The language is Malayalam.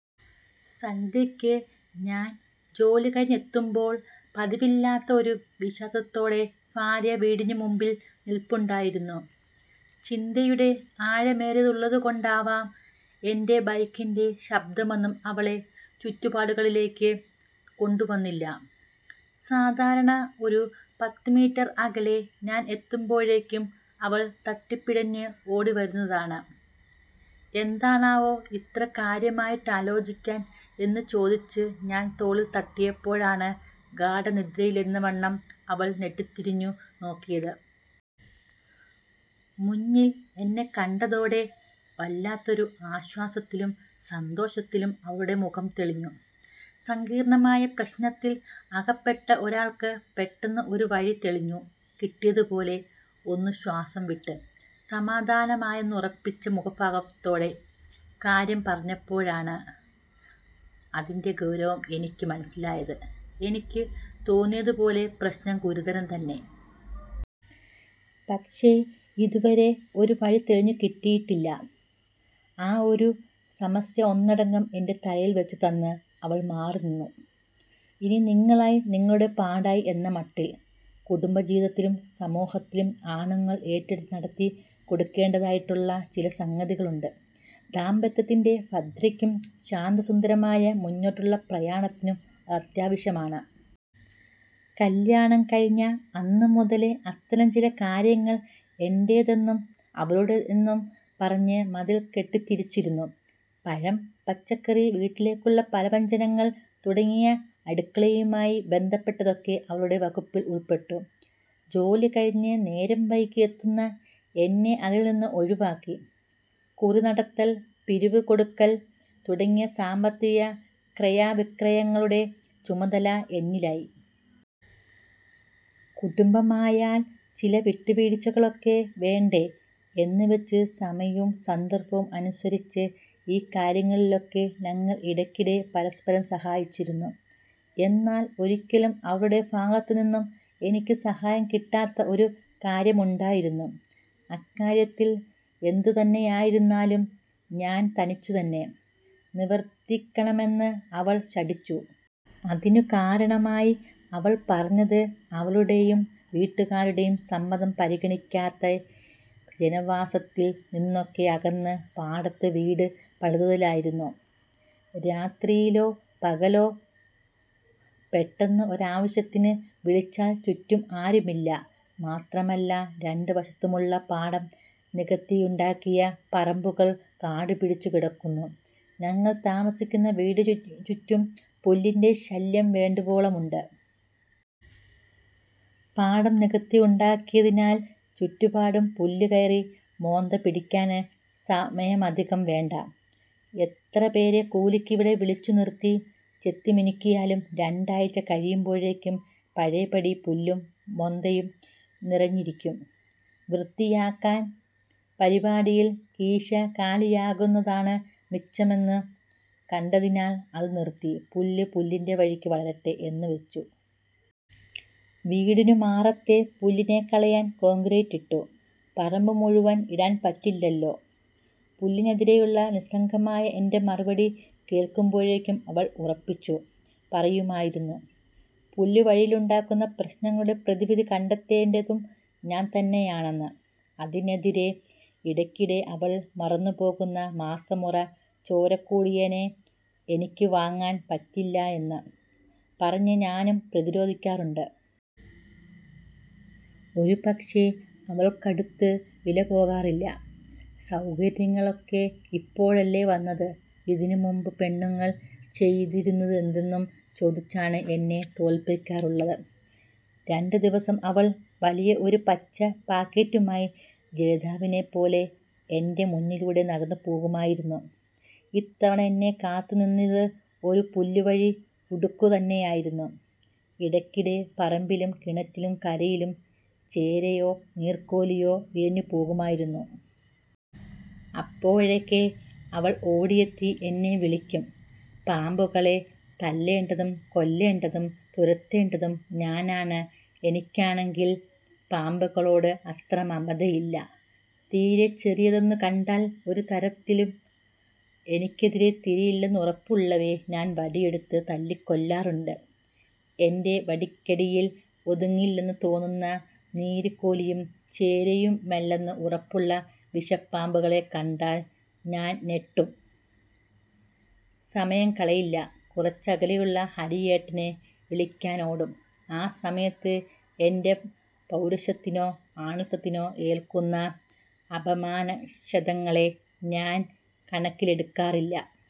സന്ധ്യയ്ക്ക് ഞാന്‍ ജോലി കഴിഞ്ഞെത്തുമ്പോൾ പതിവില്ലാത്ത ഒരു വിഷാദത്തോടെ ഭാര്യ വീടിനുമുമ്പിൽ നില്പുണ്ടായിരുന്നു. ചിന്തയുടെ ആഴമേറെയുള്ളതുകൊണ്ടാവാം എന്‍റെ ബൈക്കിന്‍റെ ശബ്ദമൊന്നും അവളെ ചുറ്റുപ്പാടുകളിലേക്ക് കൊണ്ടുവന്നില്ല. സാധാരണ ഒരു പത്തുമീറ്റർ അകലെ ഞാന്‍ എത്തുമ്പോഴേക്കും അവള്‍ തട്ടിപ്പിടഞ്ഞ് ഓടി വരുന്നതാണ്. എന്താണാവോ ഇത്ര കാര്യമായിട്ടാലോചിക്കാൻ എന്നു ചോദിച്ച് ഞാന്‍ തോളില്‍ തട്ടിയപ്പോഴാണ് ഗാഢനിദ്രയിലെന്നവണ്ണം അവള്‍ ഞെട്ടിത്തിരിഞ്ഞു നോക്കിയത്. മുന്നില്‍ എന്നെ കണ്ടതോടെ വല്ലാത്തൊരു ആശ്വാസത്തിലും സന്തോഷത്തിലും അവളുടെ മുഖം തെളിഞ്ഞു. സങ്കീര്‍ണ്ണമായ പ്രശ്നത്തില്‍ അകപ്പെട്ട ഒരാള്‍ക്ക് പെട്ടെന്ന് ഒരു വഴി തെളിഞ്ഞു കിട്ടിയതുപോലെ. ഒന്നു ശ്വാസം വിട്ട്, സമാധാനമായെന്നുറപ്പിച്ച മുഖഭാവത്തോടെ കാര്യം പറഞ്ഞപ്പോഴാണ് അതിന്‍റെ ഗൗരവം എനിക്കു മനസ്സിലായത്. എനിക്കു തോന്നിയതുപോലെ പ്രശ്നം ഗുരുതരം തന്നെ. പക്ഷേ ഇതുവരെ ഒരു വഴി തെളിഞ്ഞു കിട്ടിയിട്ടില്ല. ആ ഒരു സമസ്യ ഒന്നടങ്കം എന്‍റെ തലയില്‍ വെച്ചു തന്ന് അവള്‍ മാറി നിന്നു. ഇനി നിങ്ങളായി നിങ്ങളുടെ പാടായി എന്ന മട്ടില്‍. കുടുംബ ജീവിതത്തിലും സമൂഹത്തിലും ആണുങ്ങള്‍ ഏറ്റെടുത്ത് നടത്തി കൊടുക്കേണ്ടതായിട്ടുള്ള ചില സംഗതികളുണ്ട്. ദാമ്പത്യത്തിന്‍റെ ഭദ്രതയ്ക്കും ശാന്തസുന്ദരമായ മുന്നോട്ടുള്ള പ്രയാണത്തിനും അതത്യാവശ്യമാണ്. കല്ല്യാണം കഴിഞ്ഞ അന്നു മുതലെ അത്തരം ചില കാര്യങ്ങള്‍ എന്റെതെന്നും അവളുടെതെന്നും പറഞ്ഞ് മതില്‍ കെട്ടിത്തിരിച്ചിരുന്നു. പഴം, പച്ചക്കറി വീട്ടിലേക്കുള്ള പലവ്യഞ്ജനങ്ങള്‍ തുടങ്ങിയ അടുക്കളയുമായി ബന്ധപ്പെട്ടതൊക്കെ അവളുടെ വകുപ്പില്‍ ഉള്‍പ്പെട്ടു. ജോലികഴിഞ്ഞ് നേരം വൈകി എത്തുന്ന എന്നെ അതില്‍ നിന്ന് ഒഴിവാക്കി. കുറി നടത്തല്‍, പിരിവു കൊടുക്കല്‍ തുടങ്ങിയ സാമ്പത്തിക ക്രയവിക്രയങ്ങളുടെ ചുമതല എന്നിലായി. കുടുംബമായാല്‍ ചില വിട്ടുവീഴ്ചകളൊക്കെ വേണ്ടെ, എന്ന് വെച്ച് സമയവൂം സന്ദര്‍ഭവും അനുസരിച്ച് ഈ കാര്യങ്ങളിലൊക്കെ ഞങ്ങള്‍ ഇടയ്ക്കിടെ പരസ്പരം സഹായിച്ചിരുന്നു. എന്നാല്‍ ഒരിക്കലും അവളുടെ ഭാഗത്തു നിന്നും എനിക്ക് സഹായം കിട്ടാത്ത ഒരു കാര്യമുണ്ടായിരുന്നു. അക്കാര്യത്തില്‍ എന്തുതന്നെയായിരുന്നാലും ഞാന്‍ തനിച്ചു തന്നെ നിവര്‍ത്തിക്കണമെന്ന് അവള്‍ ശഠിച്ചു. അതിനു കാരണമായി അവള്‍ പറഞ്ഞത് അവളുടെയും വീട്ടുകാരുടെയും സമ്മതം പരിഗണിക്കാതെ ജനവാസത്തിൽ നിന്നൊക്കെ അകന്ന് പാടത്ത് വീടു പണിതതിലായിരുന്നു. രാത്രിയിലോ പകലോ പെട്ടെന്ന് ഒരാവശ്യത്തിന് വിളിച്ചാല്‍ ചുറ്റും ആരുമില്ല. മാത്രമല്ല രണ്ടു വശത്തുമുള്ള പാടം നികത്തിയുണ്ടാക്കിയ പറമ്പുകള്‍ കാടുപിടിച്ചു കിടക്കുന്നു. ഞങ്ങള്‍ താമസിക്കുന്ന വീടിനുചുറ്റം പുല്ലിന്‍റെ ശല്യം വേണ്ടുവോളമുണ്ട്. പാടം നികത്തിയുണ്ടാക്കിയതിനാല് ചുറ്റുപാടും പുല്ലു കയറി മൊന്ത പിടിക്കാന് സമയമധികം വേണ്ട. എത്ര പേരെ കൂലിക്കിവിടെ വിളിച്ചു നിര്‍ത്തി ചെത്തിമിനുക്കിയാലും രണ്ടാഴ്ച കഴിയുമ്പോഴെക്കും പഴയപടി പുല്ലും മൊന്തയും നിറഞ്ഞിരിക്കും. വൃത്തിയാക്കാൻ പരിപാടിയില്‍ കീശ കാലിയാകുന്നതാണ് മിച്ചമെന്നു കണ്ടതിനാൽ അത് നിര്‍ത്തി. പുല്ല് പുല്ലിന്‍റെ വഴിക്കു വളരട്ടെ എന്നുവെച്ചു. വീടിനുമാറത്തെ പുല്ലിനെ കളയാന്‍ കോണ്ക്രീറ്റ് ഇട്ടു. പറമ്പു മുഴുവന്‍ ഇടാന്‍ പറ്റില്ലല്ലോ. പുല്ലിനെതിരെയുള്ള നിസ്സംഗമായ എന്‍റെ മറുപടി കേള്‍ക്കുമ്പോഴേക്കു അവള്‍ ഉറപ്പിച്ചു പറയുമായിരുന്നു, പുല്ലുവഴിയുണ്ടാകുന്ന പ്രശ്നങ്ങളുടെ പ്രതിവിധി കണ്ടെത്തേണ്ടതും ഞാന്‍ തന്നെയാണെന്ന്. അതിനെതിരെ ഇടയ്ക്കിടെ അവള്‍ മറന്നുപോകുന്ന മാസമുറ ചോരകുടിയനെ എനിക്ക് വാങ്ങാന്‍ പറ്റില്ല എ ന്ന് പറഞ്ഞ് ഞാനും പ്രതിരോധിക്കാറുണ്ട്. അതു പക്ഷേ അവൾക്കടുത്ത് വിലപോകാറില്ല. സൗകര്യങ്ങളൊക്കെ ഇപ്പോഴല്ലേ വന്നത് ഇതിനുമുമ്പ് പെണ്ണുങ്ങള്‍ ചെയ്തിരുന്നതെന്തെന്നും ചോദിച്ചാണ് എന്നെ തോല്പിക്കാറുള്ളത്. രണ്ടു ദിവസം അവള്‍ വലിയ ഒരു പച്ച പാക്കറ്റുമായി ജേതാവിനെ പോലെ എന്‍റെ മുന്നിലൂടെ നടന്നു പോകുമായിരുന്നു. ഇത്തവണ എന്നെ കാത്തുനിന്നത് ഒരു പുല്ലുവഴി കുടുക്കു തന്നെയായിരുന്നു. ഇടയ്ക്കിടെ പറമ്പിലും കിണറ്റിന് കരയിലും ചേരയോ നീര്‍ക്കോലിയോ ഇഴഞ്ഞു പോകുമായിരുന്നു. അപ്പോഴൊക്കെ അവള്‍ ഓടിയെത്തി എന്നെ വിളിക്കും. പാമ്പുകളെ തല്ലേണ്ടതും കൊല്ലേണ്ടതും തുരത്തേണ്ടതും ഞാനാണ്. എനിക്കാണെങ്കിൽ പാമ്പുകളോട് അത്ര മമതയില്ല. തീരെ ചെറിയതെന്നു കണ്ടാല്‍, ഒരു തരത്തിലും എനിക്കെതിരെ തിരിയില്ലെന്നുറപ്പുള്ളവയെ ഞാന്‍ വടിയെടുത്ത് തല്ലിക്കൊല്ലാറുണ്ട്. എന്‍റെ വടിക്കടിയിൽ ഒതുങ്ങില്ലെന്നു തോന്നുന്ന, നീര്ക്കോലിയും ചേരയുമെല്ലന്ന് ഉറപ്പുള്ള വിഷപാമ്പുകളെ കണ്ടാല്‍ ഞാൻ ഞെട്ടും സമയം കളയില്ല; കുറച്ചകലെയുള്ള ഹരിയേട്ടനെ വിളിക്കാനോടും. ആ സമയത്ത് എന്‍റെ പൗരുഷത്തിനോ ആണത്തത്തിനോ ഏല്‍ക്കുന്ന അപമാനക്ഷതങ്ങളെ ഞാന്‍ കണക്കിലെടുക്കാറില്ല.